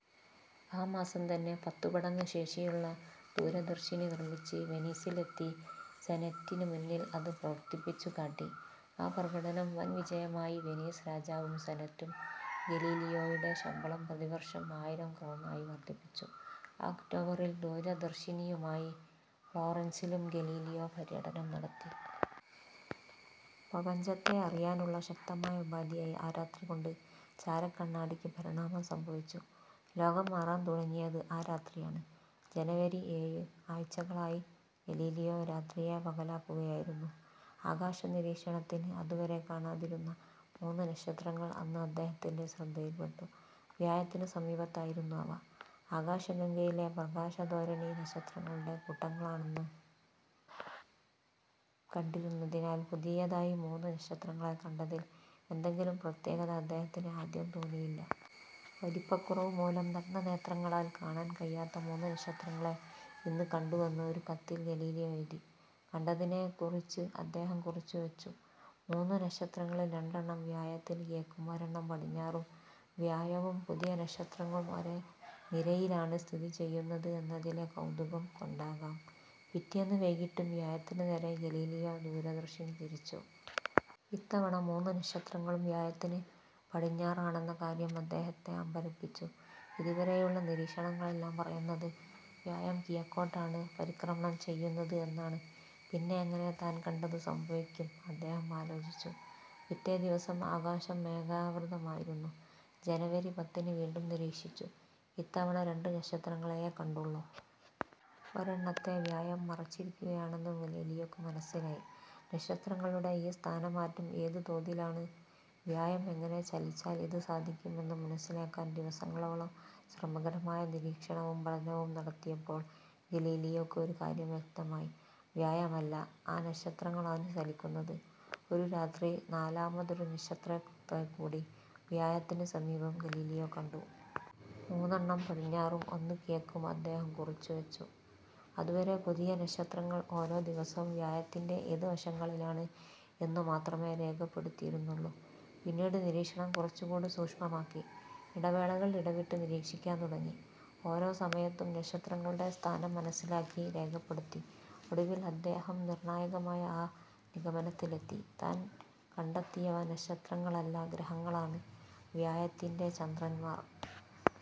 ആ മാസം തന്നെ പത്തുമടങ്ങ് ശേഷിയുള്ള ദൂരദർശിനി നിർമിച്ച് വെനീസിലെത്തി സെനറ്റിന് മുന്നിൽ അത് പ്രവർത്തിപ്പിച്ചു കാട്ടി. ആ പ്രകടനം വൻവിജയമായി. വെനീസ് രാജാവും സെനറ്റും ഗലീലിയോയുടെ ശമ്പളം പ്രതിവർഷം ആയിരം ക്രൗൺ ആയി വർദ്ധിപ്പിച്ചു. ആ ഒക്ടോബറിൽ ദൂരദർശിനിയുമായി ഫ്ളോറൻസിലും ഗലീലിയോ പര്യടനം നടത്തി. പ്രപഞ്ചത്തെ അറിയാനുള്ള ശക്തമായ ഉപാധിയായി ആ രാത്രികൊണ്ട് ചാരക്കണ്ണാടിക്ക് പരിണാമം സംഭവിച്ചു. ലോകം മാറാൻ തുടങ്ങിയത് ആ രാത്രിയാണ്. ജനവരി ഏഴ്. ആഴ്ചകളായി ഗലീലിയോ രാത്രിയെ പകലാക്കുകയായിരുന്നു, ആകാശനിരീക്ഷണത്തിന്. അതുവരെ കാണാതിരുന്ന മൂന്ന് നക്ഷത്രങ്ങൾ അന്ന് അദ്ദേഹത്തിന്റെ ശ്രദ്ധയിൽ പെട്ടു. വ്യാഴത്തിന് സമീപത്തായിരുന്നു അവ. ആകാശഗംഗയിലെ പ്രകാശധോരണി നക്ഷത്രങ്ങളുടെ കൂട്ടങ്ങളാണെന്ന് കണ്ടിരുന്നതിനാൽ, പുതിയതായി മൂന്ന് നക്ഷത്രങ്ങളെ കണ്ടതിൽ എന്തെങ്കിലും പ്രത്യേകത അദ്ദേഹത്തിന് ആദ്യം തോന്നിയില്ല. 'വലിപ്പക്കുറവ് മൂലം നഗ്നനേത്രങ്ങളാൽ കാണാൻ കഴിയാത്ത മൂന്ന് നക്ഷത്രങ്ങളെ ഇന്ന് കണ്ടു'വെന്ന് ഒരു കത്തിൽ ഗലീലിയോ എഴുതി. കണ്ടതിനെക്കുറിച്ച് അദ്ദേഹം കുറിച്ചുവെച്ചു; മൂന്നു നക്ഷത്രങ്ങളിൽ രണ്ടെണ്ണം വ്യാഴത്തിന് കിഴക്കും ഒരെണ്ണം പടിഞ്ഞാറും. വ്യാഴവും പുതിയ നക്ഷത്രങ്ങളും ഒരേ നിരയിലാണ് സ്ഥിതിചെയ്യുന്നത് എന്നതിലെ കൗതുകം കൊണ്ടാകാം, പിറ്റേന്ന് വൈകിട്ടും വ്യാഴത്തിന് നേരെ ഗലീലിയോ ദൂരദർശനി തിരിച്ചു. ഇത്തവണ മൂന്ന് നക്ഷത്രങ്ങളും വ്യാഴത്തിന് പടിഞ്ഞാറാണെന്ന കാര്യം അദ്ദേഹത്തെ അമ്പരപ്പിച്ചു. അതുവരെയുള്ള നിരീക്ഷണങ്ങളെല്ലാം പറയുന്നത് വ്യാഴം കിഴക്കോട്ടാണ് പരിക്രമണം ചെയ്യുന്നത് എന്നാണ്, പിന്നെയെങ്ങനെ താൻ കണ്ടത് സംഭവിക്കും-അദ്ദേഹം ആലോചിച്ചു. പിറ്റേ ദിവസം ആകാശം മേഘാവൃതമായിരുന്നു. ജനവരി പത്തിന് വീണ്ടും നീരീക്ഷിച്ചു, ഇത്തവണ രണ്ട് നക്ഷത്രങ്ങളെയേ കണ്ടുള്ളു. ഒരെണ്ണത്തെ വ്യാഴം മറച്ചിരിക്കുകയാണെന്ന് ഗലീലിയോയ്ക്ക് മനസ്സിലായി. നക്ഷത്രങ്ങളുടെ ഈ സ്ഥാനമാറ്റം ഏത് തോതിലാണ്, വ്യാഴം എങ്ങനെ ചലിച്ചാൽ ഇത് സാധിക്കും എന്ന് മനസ്സിലാക്കാൻ ദിവസങ്ങളോളം ശ്രമകരമായ നിരീക്ഷണവും പഠനവും നടത്തിയപ്പോൾ ഗലീലിയോയ്ക്ക് ഒരു കാര്യം വ്യക്തമായി -വ്യാഴമല്ല, ആ നക്ഷത്രങ്ങളാണ് ചലിക്കുന്നത്! ഒരു രാത്രി നാലാമതൊരു നക്ഷത്രത്തെക്കൂടി വ്യാഴത്തിന് സമീപം ഗലീലിയോ കണ്ടു. മൂന്നെണ്ണം പടിഞ്ഞാറും ഒന്ന് കിഴക്കും'-അദ്ദേഹം കുറിച്ചുവെച്ചു. അതുവരെ പുതിയ നക്ഷത്രങ്ങൾ ഓരോ ദിവസവും വ്യാഴത്തിന്റെ ഏത് വശങ്ങളിലാണ് എന്നുമാത്രമേ രേഖപ്പെടുത്തിയിരുന്നുള്ളൂ. പിന്നീട് നിരീക്ഷണം കുറച്ചുകൂടി സൂക്ഷ്മമാക്കി, ഇടവേളകൾ ഇടവിട്ട് നിരീക്ഷിക്കാൻ തുടങ്ങി. ഓരോ സമയത്തും നക്ഷത്രങ്ങളുടെ സ്ഥാനം മനസ്സിലാക്കി രേഖപ്പെടുത്തി. ഒടുവിൽ അദ്ദേഹം നിർണായകമായ ആ നിഗമനത്തിലെത്തി, താൻ കണ്ടെത്തിയവ നക്ഷത്രങ്ങളല്ല, ഗ്രഹങ്ങളാണ്-വ്യാഴത്തിന്റെ ചന്ദ്രൻമാർ.